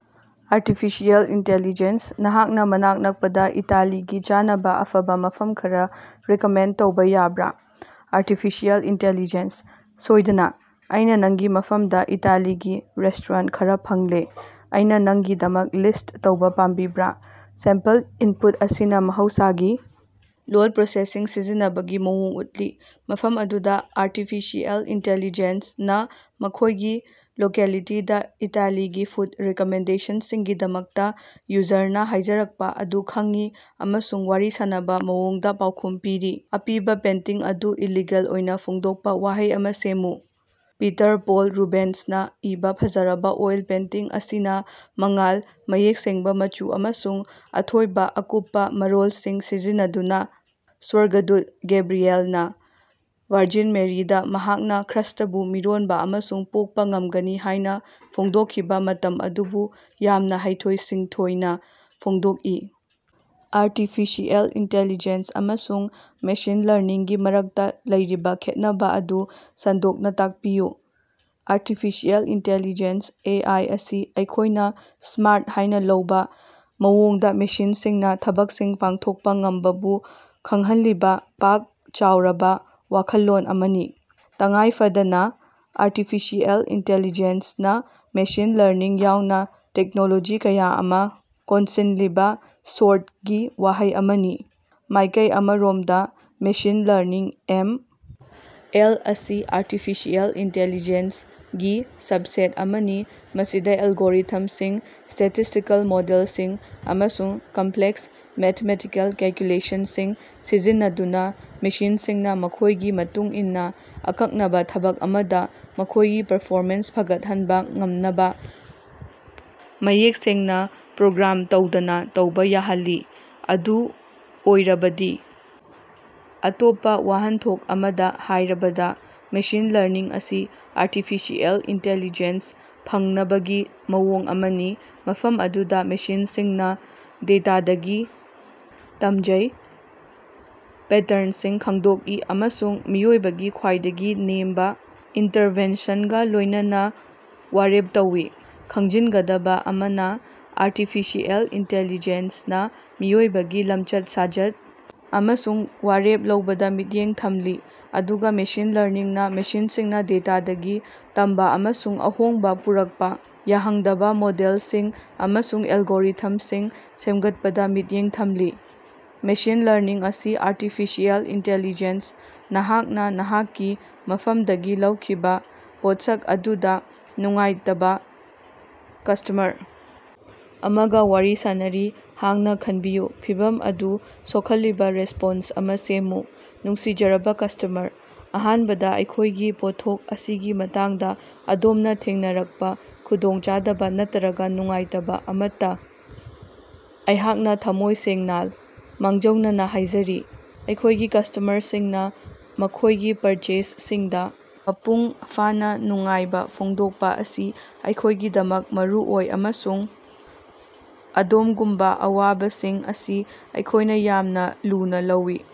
Artificial intelligence ꯅꯍꯥꯛꯅꯥ ꯃꯅꯥꯛ ꯅꯛꯄꯗ ꯏꯇꯥꯂꯤꯒꯤ ꯆꯥꯅꯕ ꯑꯐꯕ ꯃꯐꯝ ꯈꯔ ꯔꯤꯀꯃꯦꯟꯗ ꯇꯧꯕꯥ ꯌꯥꯕ꯭ꯔꯥ? ꯑꯥꯔꯇꯤꯐꯤꯁꯤꯑꯦꯜ ꯏꯟꯇꯦꯜꯂꯤꯖꯦꯟꯁ: "ꯁꯣꯏꯗꯅ, ꯑꯩꯅꯥ ꯅꯪꯒꯤ ꯃꯐꯝꯗ ꯏꯇꯥꯂꯤꯒꯤ ꯔꯦꯁ꯭ꯇꯣꯔꯦꯟꯠ ꯈꯔ ꯐꯪꯂꯦ꯫ ꯑꯩꯅ ꯉꯪꯒꯤꯗꯃꯛ ꯂꯤꯁ꯭ꯠ ꯇꯧꯕ ꯄꯥꯝꯕꯤꯕꯔꯥ? " ꯁꯦꯝꯄꯜ ꯏꯟꯄꯨꯠ ꯑꯁꯤꯅ ꯃꯍꯧꯁꯥꯒꯤ ꯂꯣꯜ ꯄ꯭ꯔꯣꯁꯦꯁꯤꯡ ꯁꯤꯖꯤꯟꯅꯕꯒꯤ ꯃꯑꯣꯡ ꯎꯠꯂꯤ, ꯃꯐꯝ ꯑꯗꯨꯗ ꯑꯥꯔꯇꯤꯐꯤꯁꯤꯑꯦꯜ ꯏꯟꯇꯦꯜꯂꯤꯖꯦꯟꯁ ꯅ ꯃꯈꯣꯏꯒꯤ ꯂꯣꯀꯦꯂꯤꯇꯤꯗ ꯏꯇꯥꯂꯤꯒꯤ ꯐꯨꯗ ꯔꯤꯀꯃꯦꯟꯗꯦꯁꯅꯕꯁꯤꯡꯒꯤꯗꯃꯛꯇ ꯌꯨꯖꯔꯅ ꯍꯥꯏꯖꯔꯛꯄ ꯑꯗꯨ ꯈꯪꯏ ꯑꯃꯁꯨꯡ ꯋꯥꯔꯤ ꯁꯥꯅꯕ ꯃꯑꯣꯡꯗ ꯄꯥꯎꯈꯨꯝ ꯄꯤꯔꯤ꯫ ꯑꯄꯤꯕꯥ ꯄꯦꯟꯇꯤꯡ ꯑꯗꯨ ꯏꯂꯤꯒꯦꯟ ꯑꯣꯏꯅ ꯐꯣꯡꯗꯣꯛꯄꯥ ꯋꯥꯍꯩ ꯑꯃ ꯁꯦꯝꯃꯨ꯫ ꯄꯤꯇꯔ ꯄꯣꯜ ꯔꯨꯕꯦꯟꯁꯅ ꯏꯕꯥ ꯐꯖꯔꯕ ꯑꯣꯏꯜ ꯄꯦꯟꯇꯤꯡ ꯑꯁꯤꯅ ꯃꯉꯥꯜ, ꯃꯌꯦꯛ ꯁꯦꯡꯕ ꯃꯆꯨ ꯑꯃꯁꯨꯡ ꯑꯊꯣꯏꯕ ꯑꯀꯨꯞꯄ ꯃꯔꯣꯂꯁꯤꯡ ꯁꯤꯖꯤꯟꯅꯗꯨꯅ, ꯁ꯭ꯋꯔꯒꯗꯨꯠ ꯒꯦꯕ꯭ꯔꯤꯌꯦꯜꯅꯥ ꯋꯥꯔꯖꯤꯟ ꯃꯦꯔꯤꯗ ꯃꯍꯥꯛꯅ ꯈ꯭ꯔ꯭ꯏꯁ꯭ꯇꯕꯨ ꯃꯤꯔꯣꯟꯕ ꯑꯃꯁꯨꯡ ꯄꯣꯛꯄ ꯉꯝꯒꯅꯤ ꯍꯥꯏꯅ ꯐꯣꯡꯗꯣꯛꯈꯤꯕ ꯃꯇꯝ ꯑꯗꯨꯕꯨ ꯌꯥꯝꯅ ꯍꯩꯊꯣꯏ-ꯁꯤꯡꯊꯣꯏꯅ ꯐꯣꯡꯗꯣꯛꯏ꯫। ꯑꯥꯔꯇꯤꯐꯤꯁꯤꯑꯦꯜ ꯏꯟꯇꯦꯂꯤꯖꯦꯟꯁ ꯑꯃꯁꯨꯡ ꯃꯦꯁꯤꯟ ꯂꯔꯅꯤꯡꯒꯤ ꯃꯔꯛꯇ ꯂꯩꯔꯤꯕꯥ ꯈꯦꯠꯅꯕꯥ ꯑꯗꯨ ꯁꯟꯗꯣꯛꯅ ꯇꯥꯛꯄꯤꯌꯨ꯫ Artificial intelligence (A. ꯑꯥꯏ.) ꯑꯁꯤ ꯑꯩꯈꯣꯏꯅ "ꯁ꯭ꯃꯥꯔꯠ" ꯍꯥꯏꯅ ꯂꯧꯕ ꯃꯑꯣꯡꯗ ꯃꯦꯁꯤꯟꯁꯤꯡꯅ ꯊꯕꯛꯁꯤꯡ ꯄꯥꯡꯊꯣꯛꯄ ꯉꯝꯕꯕꯨ ꯈꯪꯍꯜꯂꯤꯕ ꯄꯥꯛ ꯆꯥꯎꯔꯕꯕꯋꯥꯈꯜꯂꯣꯟ ꯑꯃꯅꯤ꯫ ꯇꯉꯥꯏꯐꯗꯅꯥ, ꯑꯥꯔꯇꯤꯐꯤꯁꯤꯑꯦꯜ ꯏꯟꯇꯦꯜꯂꯤꯖꯦꯟꯁꯅ ꯃꯦꯁꯤꯟ ꯂꯔꯅꯤꯡ ꯌꯥꯎꯅꯥ ꯇꯦꯛꯅꯣꯂꯣꯖꯤ ꯀꯌꯥ ꯑꯃ ꯀꯣꯟꯁꯤꯜꯂꯤꯕ ꯁ꯭ꯣꯔꯠꯒꯤ ꯋꯥꯍꯩ ꯑꯃꯅꯤ꯫ ꯃꯥꯏꯀꯩ ꯑꯃꯔꯣꯝꯗ, ꯃꯦꯁꯤꯟ ꯂꯔꯅꯤꯡ (ꯑꯦꯝ. ꯑꯦꯜ.) ꯑꯁꯤ ꯑꯥꯔꯇꯤꯐꯤꯁꯤꯑꯦꯜ ꯏꯟꯇꯦꯜꯂꯤꯖꯦꯟꯁ ꯒꯤ ꯁꯕꯁꯦꯠ ꯑꯃꯅꯤ ꯃꯁꯤꯗ ꯑꯦꯜꯒꯣꯔꯤꯊꯝꯁꯤꯡ, ꯁ꯭ꯇꯦꯇꯤꯁ꯭ꯇꯤꯀꯦꯜ ꯃꯣꯗꯦꯜꯁꯤꯡ, ꯑꯃꯁꯨꯡ ꯀꯝꯄ꯭ꯂꯦꯛꯁ ꯃꯦꯊꯃꯦꯇꯤꯀꯦꯜ ꯀꯦꯂꯀꯨꯂꯦꯁꯅꯁꯤꯡ ꯁꯤꯖꯤꯟꯅꯗꯨꯅ ꯃꯦꯁꯤꯟꯁꯤꯡꯅ ꯃꯇꯝꯒꯤ ꯃꯇꯨꯡ ꯏꯟꯅ ꯑꯀꯛꯅꯕ ꯊꯕꯛ ꯑꯃꯗ ꯃꯈꯣꯏꯒꯤ ꯄꯔꯐꯣꯃꯦꯟꯁ ꯐꯒꯠꯍꯟꯕ ꯉꯝꯅꯕ, ꯃꯌꯦꯛ ꯁꯦꯡꯅ ꯄ꯭ꯔꯣꯒ꯭ꯔꯥꯝ ꯇꯧꯗꯅ ꯇꯧꯕ ꯌꯥꯍꯜꯂꯤ꯫ ꯑꯗꯨ ꯑꯣꯏꯔꯕꯗꯤ. ꯑꯇꯣꯞꯄ ꯋꯥꯍꯟꯊꯣꯛ ꯑꯃꯗ ꯍꯥꯏꯔꯕꯗ, ꯃꯦꯁꯤꯟ ꯂꯔꯅꯤꯡ ꯑꯁꯤ ꯑꯥꯔꯇꯤꯐꯤꯁꯤꯑꯦꯜ ꯏꯟꯇꯤꯂꯤꯖꯦꯟꯁ ꯐꯪꯅꯕꯒꯤ ꯃꯑꯣꯡ ꯑꯃꯅꯤ ꯃꯐꯝ ꯑꯗꯨꯗꯥ ꯃꯦꯁꯤꯟꯁꯤꯡꯅ ꯗꯦꯇꯥꯗꯒꯤ ꯇꯃꯖꯩ, ꯄꯦꯇ꯭ꯔꯟꯁꯤꯡ ꯈꯉꯗꯣꯀꯏ ꯑꯃꯁꯨꯡ ꯃꯤꯑꯣꯏꯕꯒꯤ ꯈ꯭ꯋꯥꯏꯗꯒꯤ ꯅꯦꯝꯕ ꯏꯟꯇꯔꯚꯦꯟꯁꯟꯒ ꯂꯣꯏꯅꯅ ꯋꯥꯔꯦꯞ ꯂꯧꯏ꯫ ꯈꯪꯖꯤꯟꯒꯗꯕꯥ ꯑꯃꯅ, ꯑꯥꯔꯇꯤꯐꯤꯁꯤꯑꯦꯜ ꯏꯟꯇꯤꯂꯤꯖꯦꯟꯁꯅꯥ ꯃꯤꯑꯣꯏꯕꯒꯤ ꯂꯃꯆꯠ-ꯁꯥꯖꯠ ꯑꯃꯁꯨꯡ ꯋꯥꯔꯦꯞ ꯂꯧꯕꯗꯥ ꯃꯤꯠꯌꯦꯡ ꯊꯝꯂꯤ ꯑꯗꯨꯒ ꯃꯦꯁꯤꯟ ꯂꯔꯅꯤꯡꯅꯥ ꯃꯦꯁꯤꯟꯁꯤꯡꯅ ꯗꯦꯇꯥꯗꯒꯤ ꯇꯝꯕꯥ ꯑꯃꯁꯨꯡ ꯑꯍꯣꯡꯕ ꯄꯨꯔꯛꯄ ꯌꯥꯍꯉꯗꯕꯥ ꯃꯣꯗꯦꯜꯁꯤꯡ ꯑꯃꯁꯨꯡ ꯑꯦꯜꯒꯣꯔꯤꯊꯝꯁꯤꯡ ꯁꯦꯝꯒꯠꯄꯗ ꯃꯤꯠꯌꯦꯡ ꯊꯝꯂꯤ꯫ ꯃꯦꯁꯤꯟ ꯂꯔꯅꯤꯡ ꯑꯁꯤ ꯑꯥꯔꯇꯤꯐꯤꯁꯤꯑꯦꯜ ꯏꯟꯇꯦꯜꯂꯤꯖꯦꯟꯁ ꯅꯍꯥꯛꯅꯥꯅꯍꯥꯛꯀꯤ ꯃꯐꯝꯗꯒꯤ ꯂꯧꯈꯤꯕꯥ ꯄꯣꯠꯁꯛ ꯑꯗꯨꯗ ꯅꯨꯡꯉꯥꯏꯇꯕꯥ ꯀꯁ꯭ꯇꯃꯔ ꯑꯃꯒ ꯋꯥꯔꯤ ꯁꯥꯅꯔꯤ ꯍꯥꯌꯅꯥ ꯈꯅꯕꯤꯌꯨ꯫ ꯐꯤꯚꯝ ꯑꯗꯨ ꯁꯣꯈꯜꯂꯤꯕꯥ ꯔꯦꯁ꯭ꯄꯣꯟꯁ ꯑꯃꯥ ꯁꯦꯝꯃꯨ꯫ ꯅꯨꯡꯁꯤꯖꯔꯕꯥ ꯀꯁ꯭ꯇꯃꯔ, ꯑꯍꯥꯟꯕꯗ ꯑꯩꯈꯣꯏꯒꯤ ꯄꯣꯠꯊꯣꯛ ꯑꯁꯤꯒꯤ ꯃꯇꯥꯡꯗ ꯑꯗꯣꯝꯅꯥ ꯊꯦꯡꯅꯔꯛꯄꯥ ꯈꯨꯗꯣꯡꯆꯥꯗꯕ ꯅꯠꯇꯔꯒ ꯅꯨꯡꯉꯥꯏꯇꯕ ꯑꯃꯠꯇ ꯑꯩꯍꯥꯛꯅ ꯊꯃꯣꯏ ꯁꯦꯡꯅꯥꯂ ꯃꯥꯡꯖꯧꯅꯅꯥ ꯍꯥꯏꯖꯔꯤ꯫ ꯑꯩꯈꯣꯏꯒꯤ ꯀꯁ꯭ꯇꯃꯔꯁꯤꯡꯅ ꯃꯈꯣꯏꯒꯤ ꯄꯔꯆꯦꯖꯁꯤꯡꯗ ꯃꯄꯨꯡ ꯐꯥꯅ ꯅꯨꯡꯉꯥꯏꯕ ꯐꯣꯡꯗꯣꯛꯄ ꯑꯁꯤ ꯑꯩꯈꯣꯏꯒꯤꯗꯃꯛ ꯃꯔꯨꯑꯣꯏ ꯑꯃꯁꯨꯡ ꯑꯗꯣꯃꯒꯨꯝꯕ ꯑꯋꯥꯕꯁꯤꯡ ꯑꯁꯤ ꯑꯩꯈꯣꯏꯅ ꯌꯥꯝꯅ ꯂꯨꯅꯥ ꯂꯧꯏ꯫